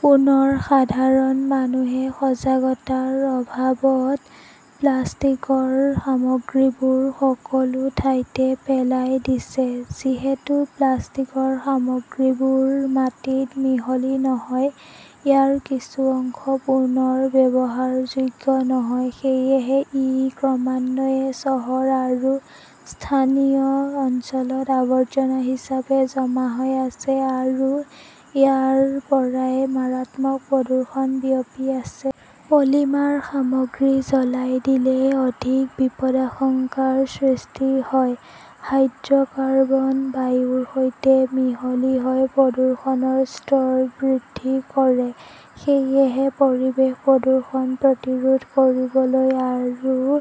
পুনৰ সাধাৰণ মানুহে সজাগতাৰ অভাৱত প্লাষ্টিকৰ সামগ্ৰীবোৰ সকলো ঠাইতে পেলাই দিছে। যিহেতু প্লাষ্টিকৰ সামগ্ৰীবোৰ মাটিত মিহলি নহয়, ইয়াৰ কিছু অংশ পুনৰ ব্যৱহাৰ যোগ্য নহয়, সেয়েহে ই ক্ৰমান্বয়ে চহৰ আৰু স্থানীয় অঞ্চলত আৱৰ্জনা হিচাপে জমা হৈ আছে আৰু ইয়াৰ পৰাই মাৰাত্মক প্ৰদূষণ বিয়পি আছে। পলিমাৰ সামগ্ৰী জ্বলাই দিলে অধিক বিপদাশংকাৰ সৃষ্টি হয়। হাইড্ৰ'কাৰ্বন বায়ুৰ সৈতে মিহলি হৈ প্ৰদূষণৰ স্তৰ বৃদ্ধি কৰে। সেয়েহে পৰিৱেশ প্ৰদূষণ প্ৰতিৰোধ কৰিবলৈ আৰু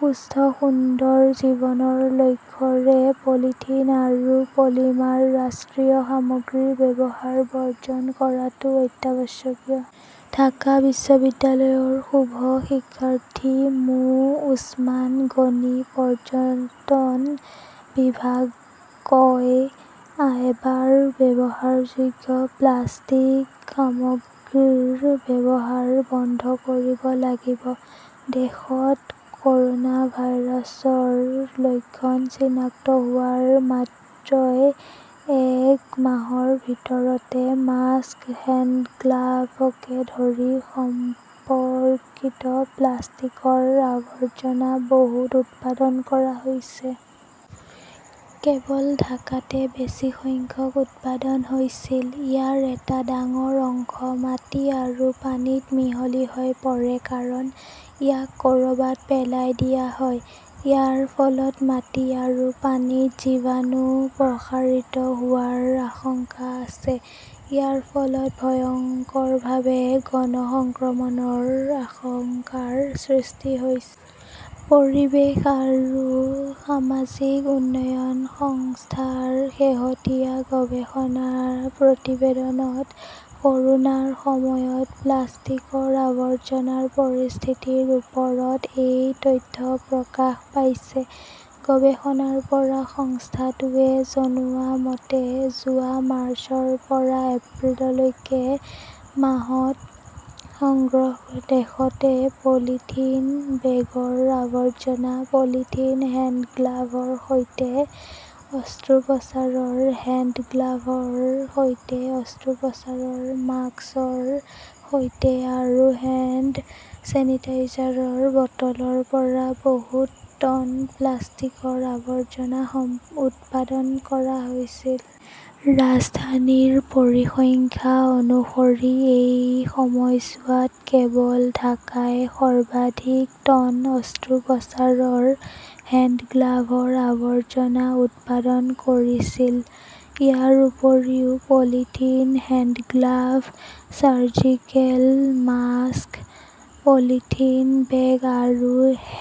সুস্থ-সুন্দৰ জীৱনৰ লক্ষ্যৰে পলিথিন আৰু পলিমাৰ ৰাষ্ট্ৰীয় সামগ্ৰীৰ ব্যৱহাৰ বৰ্জন কৰাটো অত্যাৱশ্যকীয়। ঢাকা বিশ্ববিদ্যালয়ৰ শুভ শিক্ষাৰ্থী মো. ওছমান গনি ,পৰ্যটন বিভাগ কয় "এবাৰ ব্যৱহাৰযোগ্য প্লাষ্টিক সামগ্ৰীৰ ব্যৱহাৰ বন্ধ কৰিব লাগিব"। দেশত কৰ'না ভাইৰাছৰ লক্ষণ চিনাক্ত হোৱাৰ মাত্ৰই এক মাহৰ ভিতৰতে মাস্ক, হেণ্ডগ্লাভকে ধৰি সম্পৰ্কিত প্লাষ্টিকৰ আৱৰ্জনা বহুত উৎপাদন কৰা হৈছে। কেৱল ঢাকাতে বেছি সংখ্যক উৎপাদন হৈছিল। ইয়াৰ এটা ডাঙৰ অংশ মাটি আৰু পানীত মিহলি হৈ পৰে কাৰণ ইয়াক ক'ৰবাত পেলাই দিয়া হয়। ইয়াৰ ফলত মাটি আৰু পানীত জীৱাণু প্ৰসাৰিত হোৱাৰ আশংকা আছে। ইয়াৰ ফলত ভয়ংকৰভাৱে গণ সংক্ৰমণৰ আশংকাৰ সৃষ্টি হৈছে। পৰিৱেশ আৰু সামাজিক উন্নয়ন সংস্থাৰ শেহতীয়া গৱেষণা প্ৰতিবেদনত ক'ৰোনাৰ সময়ত প্লাষ্টিকৰ আৱৰ্জনাৰ পৰিস্থিতিৰ ওপৰত এই তথ্য প্ৰকাশ পাইছে। গৱেষণাৰ পৰা সংস্থাটোৱে জনোৱা মতে, যোৱা মাৰ্চৰ পৰা এপ্ৰিললৈকে মাহত সমগ্ৰ দেশতে পলিথিন বেগৰ আৱৰ্জনা, পলিথিন হেণ্ডগ্লাভৰ সৈতে, অস্ত্ৰোপচাৰৰ হেণ্ডগ্লাভৰ সৈতে, অস্ত্ৰোপচাৰৰ মাস্কৰ সৈতে আৰু হেণ্ড ছেনিটাইজাৰৰ বটলৰ পৰা বহুত টন প্লাষ্টিকৰ আৱৰ্জনা উৎপাদন কৰা হৈছিল। ৰাজধানীৰ পৰিসংখ্যা অনুসৰি, এই সময়ছোৱাত কেৱল ঢাকাই সৰ্বাধিক টন অস্ত্ৰোপচাৰৰ হেণ্ডগ্লাভৰ আৱৰ্জনা উৎপাদন কৰিছিল। ইয়াৰ উপৰিও polythene hand glove, surgical mask, polythene bag আৰু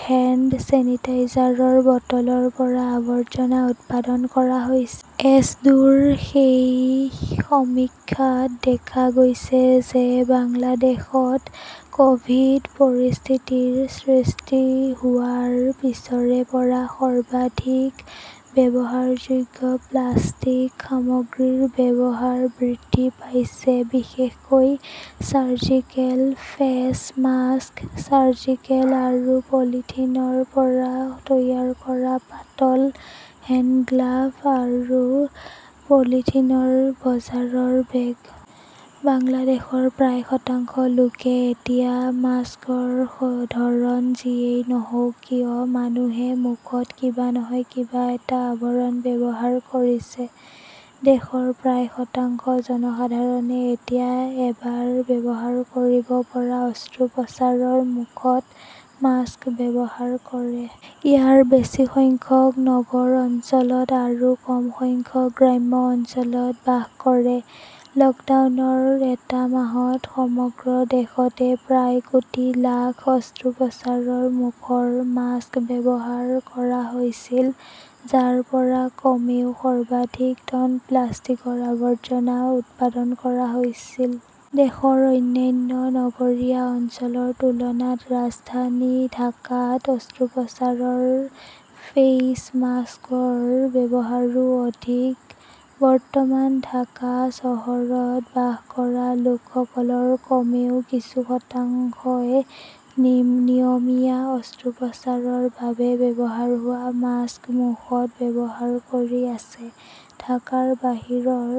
হেণ্ড ছেনিটাইজাৰৰ বটলৰ পৰা আৱৰ্জনা উৎপাদন কৰা হৈছে। এছডোৰ সেই সমীক্ষাত দেখা গৈছে যে বাংলাদেশত ক'ভিড পৰিস্থিতিৰ সৃষ্টি হোৱাৰ পিছৰে পৰা সৰ্বাধিক ব্যৱহাৰযোগ্য প্লাষ্টিক সামগ্ৰীৰ ব্যৱহাৰ বৃদ্ধি পাইছে বিশেষকৈ চাৰ্জিকেল ফেছ মাস্ক, চাৰ্জিকেল আৰু পলিথিনৰ পৰা তৈয়াৰ কৰা পাতল হেণ্ডগ্লাভ আৰু পলিথিনৰ বজাৰৰ বেগ। বাংলাদেশৰ প্ৰায় শতাংশ লোকে এতিয়া মাস্কৰ ধৰণ যিয়েই নহওক কিয়, মানুহে মুখত কিবা নহয় কিবা এটা আৱৰণ ব্যৱহাৰ কৰিছে। দেশৰ প্ৰায় শতাংশ জনসাধাৰণে এতিয়া এবাৰ ব্যৱহাৰ কৰিব পৰা অস্ত্ৰোপচাৰৰ মুখত মাস্ক ব্যৱহাৰ কৰে। ইয়াৰ বেছি সংখ্যক নগৰ অঞ্চলত আৰু কম সংখ্যক গ্ৰাম্য অঞ্চলত বাস কৰে। লকডাউনৰ এটা মাহত সমগ্ৰ দেশতে প্ৰায় কোটি লাখ অস্ত্ৰোপচাৰৰ মুখৰ মাস্ক ব্যৱহাৰ কৰা হৈছিল, যাৰ পৰা কমেও সৰ্বাধিক টন প্লাষ্টিকৰ আৱৰ্জনা উৎপাদন কৰা হৈছিল। দেশৰ অন্যান্য নগৰীয়া অঞ্চলৰ তুলনাত ৰাজধানী ঢাকাত অস্ত্ৰোপচাৰৰ ফেইচ মাস্কৰ ব্যৱহাৰো অধিক। বৰ্তমান ঢাকা চহৰত বাস কৰা লোকসকলৰ কমেও কিছু শতাংশই নিয়মীয়া অস্ত্ৰোপচাৰৰ বাবে ব্যৱহাৰ হোৱা মাস্ক মুখত ব্যৱহাৰ কৰি আছে। ঢাকাৰ বাহিৰৰ